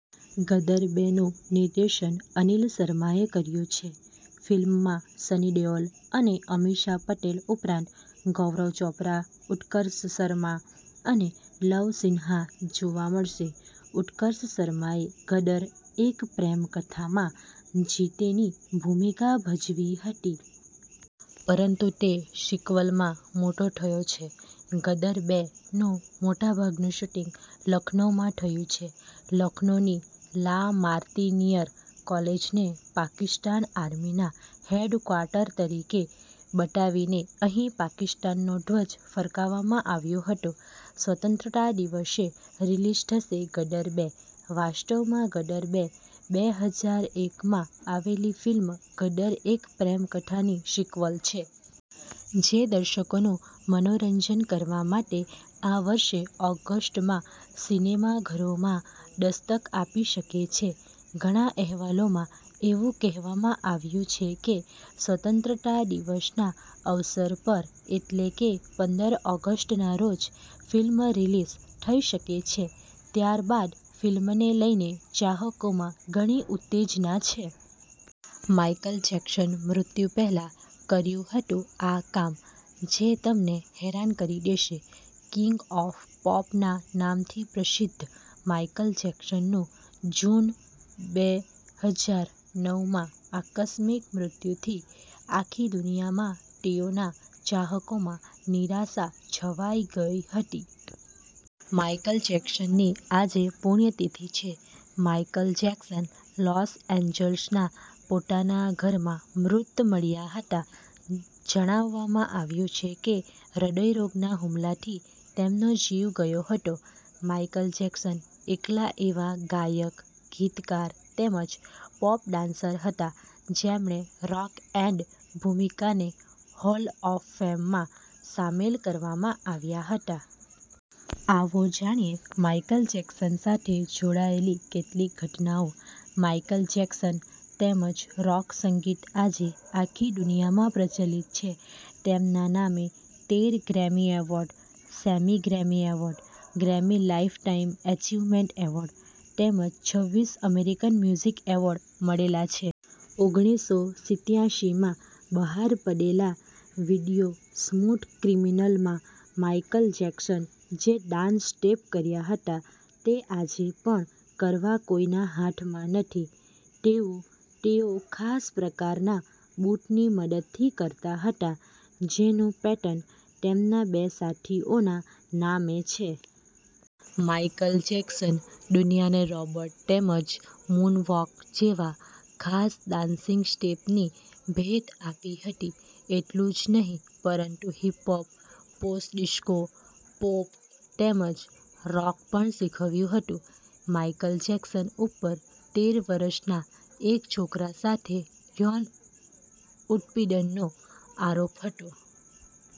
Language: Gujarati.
ગદર બે નું નિર્દેશન અનિલ શર્માએ કર્યું છે. ફિલ્મમાં સની દેઓલ અને અમીષા પટેલ ઉપરાંત ગૌરવ ચોપરા, ઉત્કર્ષ શર્મા અને લવ સિન્હા જોવા મળશે. ઉત્કર્ષ શર્માએ 'ગદરઃ એક પ્રેમ કથા'માં જીતેની ભૂમિકા ભજવી હતી. પરંતુ તે સિક્વલમાં મોટો થયો છે. 'ગદર બે 'નું મોટાભાગનું શૂટિંગ લખનૌમાં થયું છે. લખનૌની લા માર્ટિનીયર કોલેજને પાકિસ્તાન આર્મીના હેડક્વાર્ટર તરીકે બતાવીને અહીં પાકિસ્તાનનો ધ્વજ ફરકાવવામાં આવ્યો હતો. સ્વતંત્રતા દિવસે રિલીઝ થશે 'ગદર બે' વાસ્તવમાં 'ગદર બે ' બે હજાર એક માં આવેલી ફિલ્મ 'ગદરઃ એક પ્રેમ કથા'ની સિક્વલ છે. જે દર્શકોનું મનોરંજન કરવા માટે આ વર્ષે ઓગસ્ટમાં સિનેમાઘરોમાં દસ્તક આપી શકે છે. ઘણા અહેવાલોમાં એવું કહેવામાં આવ્યું છે કે સ્વતંત્રતા દિવસના અવસર પર એટલે કે પંદર ઓગસ્ટ ના રોજ, ફિલ્મ રિલીઝ થઈ શકે છે, ત્યારબાદ ફિલ્મને લઈને ચાહકોમાં ઘણી ઉત્તેજના છે. માઇકલ જેકસન મૃત્યુ પહેલા કર્યું હતું આ કામ જે તમને હેરાન કરી દેશે. કિંગ ઓફ પોપ ના નામથી પ્રસિદ્ધ માઇકલ જેક્સન નું, જૂન બે હજાર નવ માં આકસ્મિક મૃત્યુથી આખી દુનિયામાં તેઓના ચાહકોમાં નિરાશા છવાઈ ગઈ હતી. માઇકલ જેકસન ની આજે પુણ્યતિથિ છે. માઇકલ જેકસન લોસ એન્જલસના પોતાના ઘરમાં મૃત મળ્યા હતા. જણાવવામાં આવ્યું છે કે હૃદયરોગના હુમલાથી તેમનો જીવ ગયો હતો. માઇકલ જેકસન એકલા એવા ગાયક, ગીતકાર, તેમજ પોપ ડાન્સર હતા જેમણે રોક એન્ડ ભૂમિકાને હોલ ઓફ ફેમમાં સામેલ કરવામાં આવ્યા હતા. આવો જાણીએ માયકલ જેકસન સાથે જોડાયેલી કેટલીક ઘટનાઓ માઇકલ જેકસન, તેમજ રોક સંગીત આજે આખી દુનિયામાં પ્રચલિત છે. તેમના નામે તેર ગ્રેમી એવોર્ડ, સેમી Grammy award, Grammy lifetime achievement award તેમજ છવીસ અમેરિકન મ્યુઝિક એવોર્ડ મળેલા છે. ઓગણીસો સિત્યાસીમાં બહાર પડેલા વિડિયો સ્મૂથ ક્રિમીનલ માં માઇકલ જેકસન જે ડાન્સ સ્ટેપ કર્યા હતા તે આજે પણ કરવા કોઈના હાથમાં નથી. તેવું તેઓ ખાસ પ્રકારના બુટ ની મદદથી કરતા હતા. જેનું પેટન તેમના બે સાથીઓ ના નામે છે. માઇકલ જેકસન દુનિયાને રોબોટ તેમજ મુન-વોક જેવા ખાસ ડાન્સિંગ સ્ટેપ ની ભેટ આપી હતી. એટલું જ નહીં પરંતુ હિપહોપ, પોસ્ટ ડિસ્કો, પોપ તેમજ રોક પણ શીખવ્યું હતું. માઇકલ જેક્સન ઉપર તેર વર્ષના એક છોકરા સાથે યોન ઉત્પીડનનો આરોપ હતો.